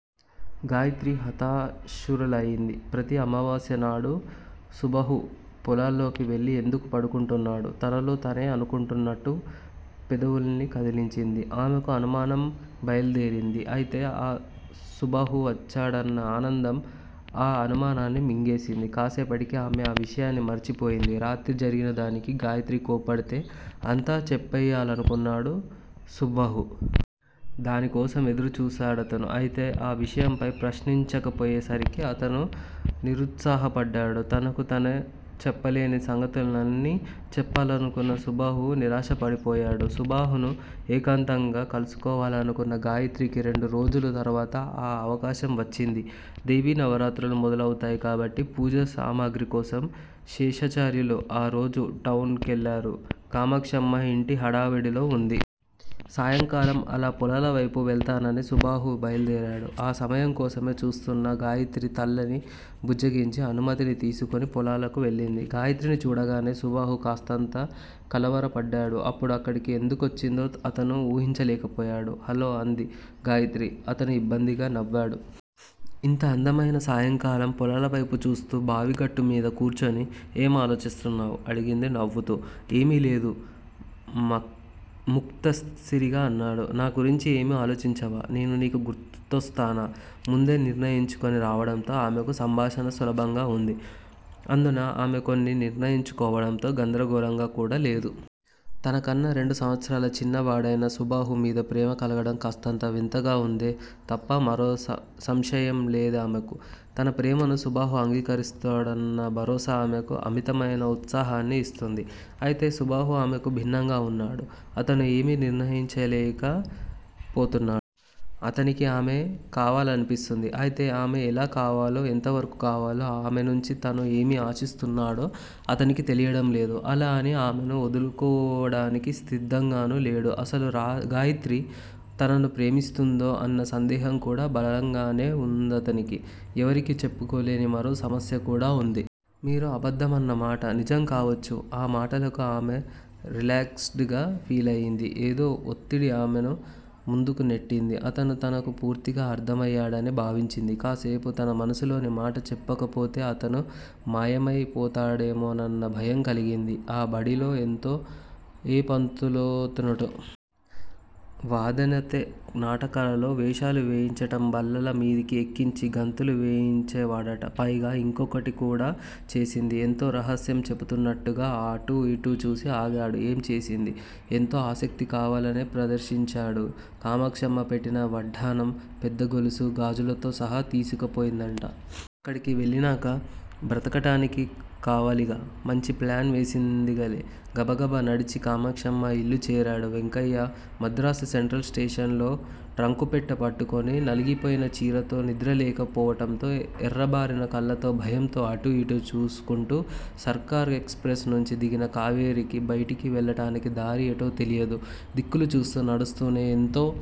గాయత్రి హతాశురాలైంది. ప్రతి అమావాస్య నాడు సుబహు పొలాల్లోకి వెళ్ళి ఎందుకు పడుకుంటున్నాడు? తనలో తనే అనుకుంటున్నట్టు పెదవుల్ని కదిల్చింది. ఆమెకు అనుమానం బయల్దేరింది. అయితే సుబాహు వచ్చాడన్న ఆనందం ఆ అనుమానాన్ని మింగేసింది. కాసేపటికి ఆమె ఆ విషయాన్ని మరిచిపోయింది. రాత్రి జరిగిన దానికి గాయత్రి కోప్పడితే అంతా చెప్పెయ్యాలనుకున్నాడు సుబహు. దాని కోసం ఎదురు చూశాడతను. అయితే ఆ విషయంపై ప్రశ్నించకపోయేసరికి అతను నిరుత్సాహపడ్డాడు. తనకు తనే చెప్పలేని సంగతులన్నీ చెప్పాలనుకున్న సుబాహు నిరాశపడి పోయాడు. సుబాహును ఏకాంతంగా కలుసుకోవాలనుకున్న గాయత్రికి రెండు రోజుల తరువాత ఆ అవకాశం వచ్చింది. దేవీ నవరాత్రులు మొదలవుతాయి కాబట్టి పూజా సామగ్రికోసం శేషాచార్యులు ఆ రోజు టౌన్ కెళ్ళారు, కామాక్షమ్మ ఇంటి హడావుడిలో వుంది. సాయంకాలం అలా పొలాలవైపు వెళతానని సుబాహు బయల్దేరాడు. ఆ సమయం కోసమే చూస్తున్న గాయత్రి తల్లిని బుజ్జగించి, అనుమతి తీసుకుని పొలాలకు వెళ్ళింది. గాయత్రిని చూడగానే సుబాహు కాస్తంత కలవరపడ్డాడు. అప్పుడు అక్కడికి ఎందుకొచ్చిందో అతను వూహించలేకపోయాడు. హలో! అంది గాయత్రి. అతను ఇబ్బందిగా నవ్వాడు. ఇంత అందమైన సాయంకాలం పొలాలవైపు చూస్తూ బావిగట్టుమీద కూర్చుని ఏమాలోచిస్తున్నావ్? అడిగింది నవ్వుతూ. ఏమీ లేదు మక్ ముక్తసిరిగా అన్నాడు. నా గురించి ఏమీ ఆలోచించవా? నేను నీకు గుర్తొస్తానా? ముందే నిర్ణయించుకుని రావడంతో ఆమెకు సంభాషణ సులభంగా వుంది అందునా ఆమె కొన్ని నిర్ణయించుకోవడంతో గందరగోళంగా కూడా లేదు. తనకన్నా రెండు సంవత్సరాలు చిన్న వాడైనా సుబాహు మీద ప్రేమ కలగడం కాస్తంత వింతగా ఉందే తప్ప మరో స సంశయం లేదామెకు. తన ప్రేమను సుబాహు అంగీకరిస్తాడన్న భరోసా ఆమెకు అమితమైన ఉత్సాహాన్ని ఇస్తోంది. అయితే సుబాహు ఆమెకు భిన్నంగా వున్నాడు. అతను ఏమీ నిర్ణయించుకోలేక పోతున్నా అతనికి ఆమె కావాలనిపిస్తోంది. అయితే ఆమె ఎలా కావాలో, ఎంతవరకు కావాలో, ఆమె నుంచి తను ఏమి ఆశిస్తున్నాడో అతనికి తెలియడం లేదు. అలా అని ఆమెను ఒదులుకోవడానికి సిద్ధంగానూ లేడు. అసలు గాయత్రి తనను ప్రేమిస్తోందా అన్న సందేహం కూడా బలంగానే వుందతనికి. ఎవరికీ చెప్పుకోలేని మరో సమస్య కూడా వుంది. మీరు అబద్ధం అన్నమాట నిజం కావచ్చు ఆ మాటలకు ఆమె రిలాక్స్ డ్ గా ఫీలయ్యింది. ఏదో వత్తిడి ఆమెను ముందుకు నెట్టింది. అతను తనకు పూర్తిగా అర్థమయ్యాడని భావించింది. కాసేపు తన మనసులోని మాట చెప్పకపోతే అతను మాయమై పోతాడేమోనన్న భయం కలిగింది. ఆ బడిలో ఏ పంతులుతోనట? వాదేనత నాటకాలలో వేషాలు వేయించటం బల్లల మీదకి ఎక్కించి గంతులు వేయించేవాడట! పైగా యింకోకటి కూడా చేసింది! ఎంతో రహస్యం చెప్పుతున్నట్టుగా అటూ యిటూ చూసి ఆగాడు. ఏం చేసింది? ఎంతో ఆసక్తి కావాలనే ప్రదర్శించాడు. కామాక్షమ్మ పెట్టిన వడ్డాణం, పెద్ద గొలుసు గాజులుతో సహా తీసుకుపోయిందట! అక్కడికి వెళ్ళినాక బ్రతకటానికి కావాలిగా! మంచి ప్లాన్ వేసిందిలే! గబగబా నడిచి కామాక్షమ్మ యిల్లు చేరాడు వెంకయ్య! మద్రాసు సెంట్రల్ స్టేషన్ లో ట్రంకుపెట్టె పట్టుకుని నలిగిపోయిన చీరతో నిద్రలేక పోవటంతో ఎర్రబారిన కళ్ళతో భయంతో అటూ యిటూ చూసుకుంటూ సర్కార్ ఎక్స్ ప్రెస్ నుంచి దిగిన కావేరికి బైటికి వెళ్ళటానికి దారి ఎటో తెలియలేదు. దిక్కులు చూస్తూ నడుస్తూనే ఎంతో